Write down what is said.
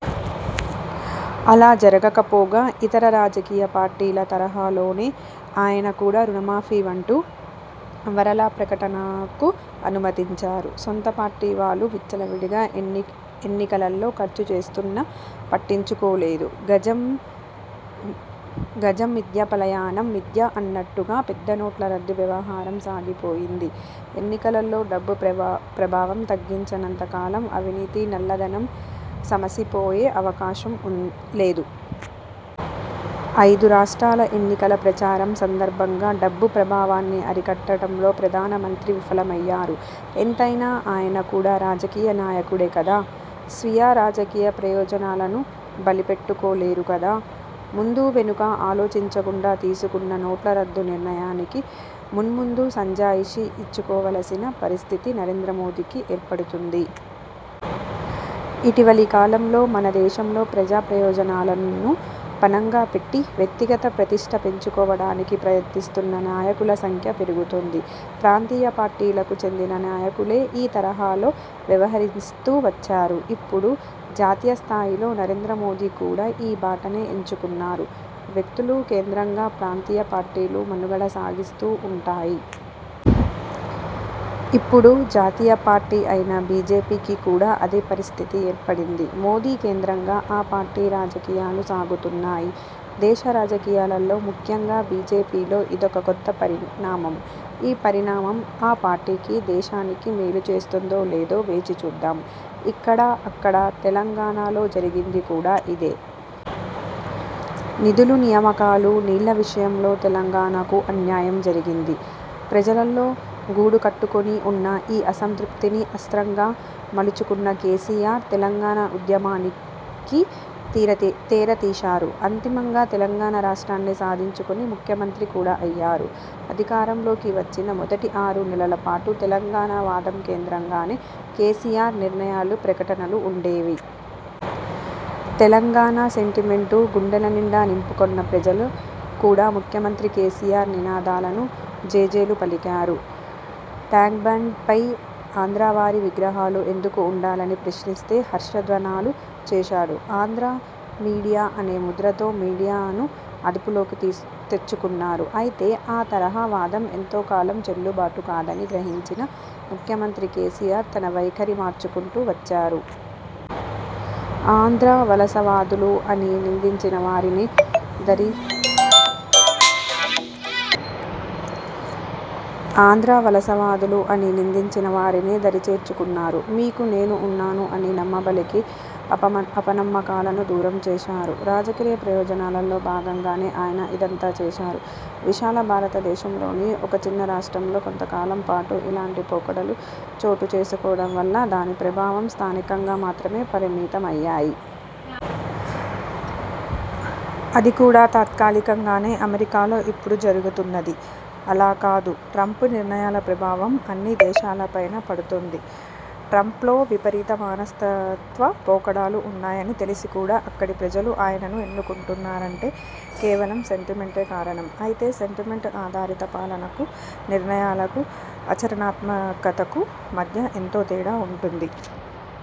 అలా జరగకపోగా ఇతర రాజకీయ పార్టీల తరహాలోనే ఆయన కూడా రుణమాఫీ వంటు వరాల ప్రకటనకు అనుమతించారు. సొంత పార్టీ వాళ్లు విచ్చలవిడిగా ఎన్నికలలో ఖర్చు చేస్తున్నా పట్టించుకోలేదు. గజం మిథ్య పలాయనం మిథ్య అన్నట్టుగా పెద్దనోట్ల రద్దు వ్యవహారం సాగిపోయింది. ఎన్నికలలో డబ్బు ప్రభావం తగ్గించనంత కాలం అవినీతి, నల్లధనం సమసిపోయే అవకాశం లేదు. ఐదు రాష్ర్టాల ఎన్నికల ప్రచారం సందర్భంగా డబ్బు ప్రభావాన్ని అరికట్టడంలో ప్రధానమంత్రి విఫలమయ్యారు. ఎంతైనా ఆయన కూడా రాజకీయ నాయకుడే కదా! స్వీయ రాజకీయ ప్రయోజనాలను బలిపెట్టుకోలేరు కదా! ముందూవెనుకా ఆలోచించకుండా తీసుకున్న నోట్ల రద్దు నిర్ణయానికి మున్ముందు సంజాయిషీ ఇచ్చుకోవలసిన పరిస్థితి నరేంద్ర మోదీకి ఏర్పడుతుంది. ఇటీవలి కాలంలో మన దేశంలో ప్రజాప్రయోజనాలను పణంగా పెట్టి వ్యక్తిగత ప్రతిష్ఠ పెంచుకోవడానికి ప్రయత్నిస్తున్న నాయకుల సంఖ్య పెరుగుతోంది. ప్రాంతీయ పార్టీలకు చెందిన నాయకులే ఈ తరహాలో వ్యవహరిస్తూ వచ్చారు. ఇప్పుడు జాతీయ స్థాయిలో నరేంద్ర మోదీ కూడా ఈ బాటనే ఎంచుకున్నారు. వ్యక్తులు కేంద్రంగా ప్రాంతీయ పార్టీలు మనుగడ సాగిస్తూ ఉంటాయి. ఇప్పుడు జాతీయపార్టీ అయిన బీజేపీకి కూడా అదే పరిస్థితి ఏర్పడింది. మోదీ కేంద్రంగా ఆ పార్టీ రాజకీయాలు సాగుతున్నాయి. దేశ రాజకీయాలలో, ముఖ్యంగా బీజేపీలో ఇదొక కొత్త పరిణామం! ఈ పరిణామం ఆ పార్టీకి, దేశానికి మేలు చేస్తుందో లేదో వేచిచూద్దాం! ఇక్కడా అక్కడా! తెలంగాణలో జరిగింది కూడా ఇదే! నిధులు, నియామకాలు, నీళ్ల విషయంలో తెలంగాణకు అన్యాయం జరిగింది. ప్రజలలో గూడుకట్టుకుని ఉన్న ఈ అసంతృప్తిని అస్త్రంగా మలచుకున్న కేసీఆర్ తెలంగాణ ఉద్యమానికి తెరతీశారు. అంతిమంగా తెలంగాణ రాష్ర్టాన్ని సాధించుకుని ముఖ్యమంత్రి కూడా అయ్యారు. అధికారంలోకి వచ్చిన మొదటి ఆరు నెలలపాటు తెలంగాణవాదం కేంద్రంగానే కేసీఆర్ నిర్ణయాలు, ప్రకటనలు ఉండేవి. తెలంగాణ సెంటిమెంట్ను గుండెలనిండా నింపుకొన్న ప్రజలు కూడా ముఖ్యమంత్రి కేసీఆర్ నినాదాలకు జేజేలు పలికారు. ట్యాంక్బండ్పై ఆంధ్రావారి విగ్రహాలు ఎందుకు ఉండాలని ప్రశ్నిస్తే హర్షధ్వానాలు చేశారు. ఆంధ్రా మీడియా అనే ముద్రతో మీడియాను అదుపులోకి తెచ్చుకున్నారు. అయితే, ఆ తరహా వాదం ఎంతోకాలం చెల్లుబాటు కాదని గ్రహించిన ముఖ్యమంత్రి కేసీఆర్ తన వైఖరి మార్చుకుంటూ వచ్చారు. ఆంధ్రా వలసవాదులు అని నిందించిన వారినే దరిచేర్చుకున్నారు. 'మీకు నేను ఉన్నాను' అని నమ్మబలికి అపనమ్మకాలను దూరంచేశారు. రాజకీయ ప్రయోజనాలలో భాగంగానే ఆయన ఇదంతా చేశారు. విశాల భారతదేశంలోని ఒక చిన్న రాష్ట్రంలో కొంతకాలంపాటు ఇలాంటి పోకడలు చోటుచేసుకోవడం వల్ల దాని ప్రభావం స్థానికంగా మాత్రమే పరిమితమయ్యింది. అది కూడా తాత్కాలికంగానే! అమెరికాలో ఇప్పుడు జరుగుతున్నది అలా కాదు. ట్రంప్ నిర్ణయాల ప్రభావం అన్ని దేశాలపైనా పడుతోంది. ట్రంప్లో విపరీత మనస్తత్వ పోకడలు ఉన్నాయని తెలిసీ కూడా అక్కడి ప్రజలు ఆయనను ఎన్నుకున్నారంటే కేవలం సెంటిమెంటే కారణం! అయితే, సెంటిమెంట్ ఆధారిత పాలనకు, నిర్ణయాలకు- ఆచరణాత్మకతకు మధ్య ఎంతో తేడా ఉంటుంది.